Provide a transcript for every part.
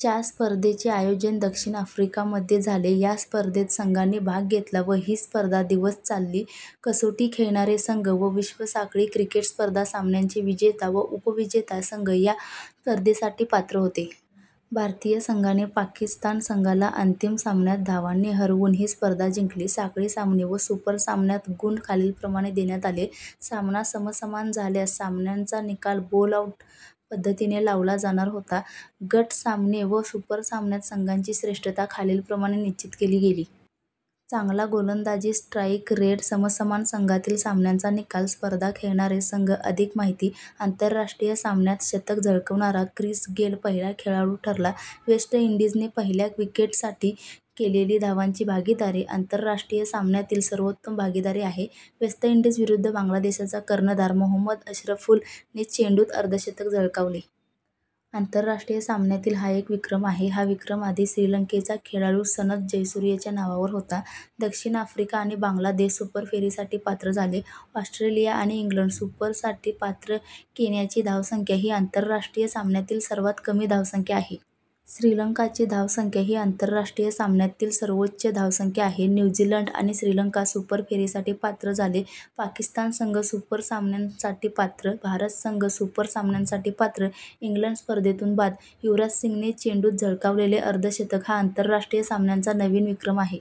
च्या स्पर्धेचे आयोजन दक्षिण आफ्रिका मध्ये झाले. ह्या स्पर्धेत संघांनी भाग घेतला व ही स्पर्धा दिवस चालली. कसोटी खेळणारे संघ व विश्व साखळी क्रिकेट स्पर्धा सामन्यांचे विजेता व उप-विजेता संघ या स्पर्धेसाठी पात्र होते. भारतीय संघाने पाकिस्तान संघाला अंतिम सामन्यात धावांनी हरवून ही स्पर्धा जिंकली. साखळी सामने व सुपर सामन्यात गुण खालीलप्रमाणे देण्यात आले. सामना समसमान झाल्यास, सामन्याचा निकाल बोल-आउट पद्धतीने लावला जाणार होता. गट सामने व सुपर सामन्यात संघाची श्रेष्ठता खालीलप्रमाणे निश्चित केली गेली. चांगला गोलंदाजी स्ट्राइक रेट समसमान संघातील सामन्याचा निकाल स्पर्धा खेळणारे संघ अधिक माहिती - आंतरराष्ट्रीय सामन्यात शतक झळकवणारा क्रिस गेल पहिला खेळाडू ठरला. वेस्ट इंडीझने पहिल्या विकेट साठी केलीली धावांची भागीदारी - आंतरराष्ट्रीय सामन्यातील सर्वोत्तम भागीदारी आहे वेस्टइंडिंज विरुद्ध बांगलादेशचा कर्णधार मोहम्मद अशरफुल ने चेंडूत अर्धशतक झळकावले. - आंतरराष्ट्रीय सामन्यातील हा एक विक्रम आहे. हा विक्रम आधी श्रीलंकेचा खेळाडू सनथ जयसूर्यच्या नावावर होता. दक्षिण आफ्रिका आणि बांगलादेश सुपर फेरीसाठी पात्र झाले. ऑस्ट्रेलिया आणि इंग्लंड सुपर साठी पात्र. केन्याची धावसंख्या / हि - आंतरराष्ट्रीय सामन्यातील सर्वात कमी धावसंख्या आहे. श्रीलंकाची धावसंख्या / ही आंतरराष्ट्रीय - सामन्यातील सर्वोच्च धावसंख्या आहे. न्यू झीलँड आणि श्रीलंका सुपर फेरीसाठी पात्र झाले. पाकिस्तान संघ सुपर सामन्यांन साठी पात्र भारत संघ सुपर सामन्यांसाठी पात्र इंग्लंड स्पर्धेतून बाद. युवराजसिंगने चेंडूत झळकावलेले अर्धशतक हा आंतरराष्ट्रीय - सामन्यांचा नवीन विक्रम आहे.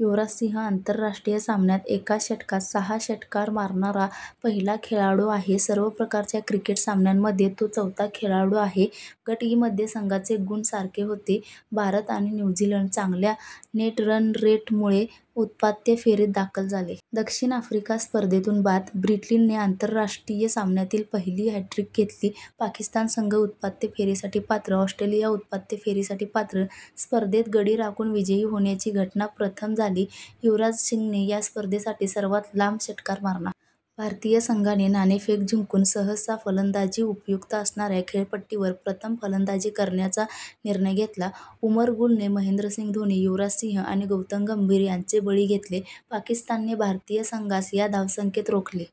युवराजसिंग आंतरराष्ट्रीय - सामन्यात एका षटकात सहा षटकार मारणारा पहिला खेळाडू आहे. सर्व प्रकारच्या क्रिकेट सामन्यांमधील तो चौथा खेळाडू आहे. गट इ मध्ये संघाचे गुण सारखे होते. भारत आणि न्यू झीलँड चांगल्या नेट रन रेट मुळे उपांत्य फेरीत दाखल झाले. दक्षिण आफ्रिका स्पर्धेतून बाद. ब्रेट ली ने - आंतरराष्ट्रीय सामन्यातील पहिली हॅट्रिक घेतली. पाकिस्तान संघ उपात्यं फेरीसाठी पात्र. ऑस्ट्रेलिया उपात्यं फेरी साठी पात्र - स्पर्धेत गडी राखून विजयी होण्याची घटना प्रथम झाली. युवराजसिंगने या स्पर्धेतील सर्वात लांब षटकार मारला. भारतीय संघाने नाणेफेक जिंकुन सहसा फलंदाजीस उपयुक्त असणारया खेळपट्टीवर प्रथम फलंदाजी करण्यावा निर्णय घेतला. उमर गुल ने महेंद्रसिंग धोनी, युवराजसिंग आणि गौतम गंभीर यांचे बळी घेतले. पाकिस्तानने भारतीय संघास / या धावसंख्येत रोखले.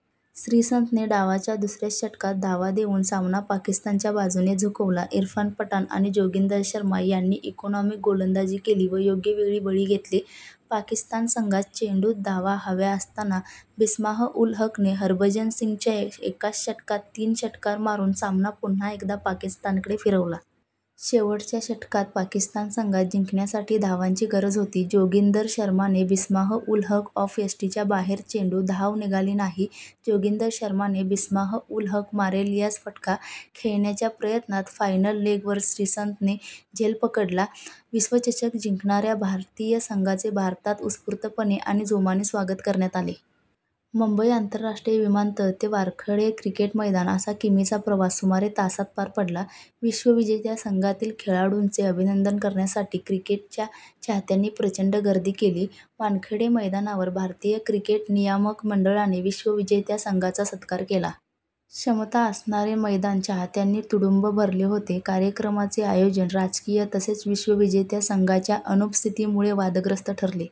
श्रीसंतने डावाच्या दुसऱ्याच षटकात धावा देऊन सामना पाकिस्तानच्या बाजुने झुकवला. इरफान पठाण आणि जोगिंदर शर्मा यांनी इकोनॉमिक गोलंदाजी केली व योग्य वेळी बळी घेतले. पाकिस्तान संघास चेंडूत धावा हव्या असतांना मिस्बाह-उल-हक ने हरभजनसिंगच्या एकाच षटकात तीन षटकार मारून सामना पुन्हा एकदा पाकिस्तान कडे फिरवला. शेवटच्या षटकात पाकिस्तान संघास जिंकण्यासाठी धावांची गरज होती. जोगिंदर शर्मा ने मिस्बाह-उल-हक ऑफ यष्टीच्या बाहेर चेंडू, धाव निघाली नाही. जोगिंदर शर्मा ने मिस्बाह-उल-हक मारिलीयस फटका खेळण्याच्या प्रयत्नात फाईन लेग वर श्रीसंत ने झेल पकडला - विश्वचषक जिंकणारया भारतीय संघाचे भारतात उत्सपुर्तपणे आणि जोमाने स्वागत करण्यात आले. मुंबईचे आंतरराष्ट्रीय विमानतळ ते वानखेडे क्रिकेट मैदान, असा किमीचा प्रवास सुमारे तासात पार पडला. विश्वविजेत्या संघातील खेळाडूंचे अभिनंदन करण्यासाठी क्रिकेटच्या चाहत्यांनी प्रचंड गर्दी केली. वानखेडे मैदानावर भारतीय क्रिकेट नियामक मंडळाने विश्वविजेत्या संघाचा संत्कार केला. क्षमता असणारे मैदान चाहत्यांनी तुडूंब भरले होते. कार्यक्रमाचे आयोजन, राजकीय तसेच विश्वविजेत्या संघाच्या अनुपस्थितीमुळे वादग्रस्थ ठरले.।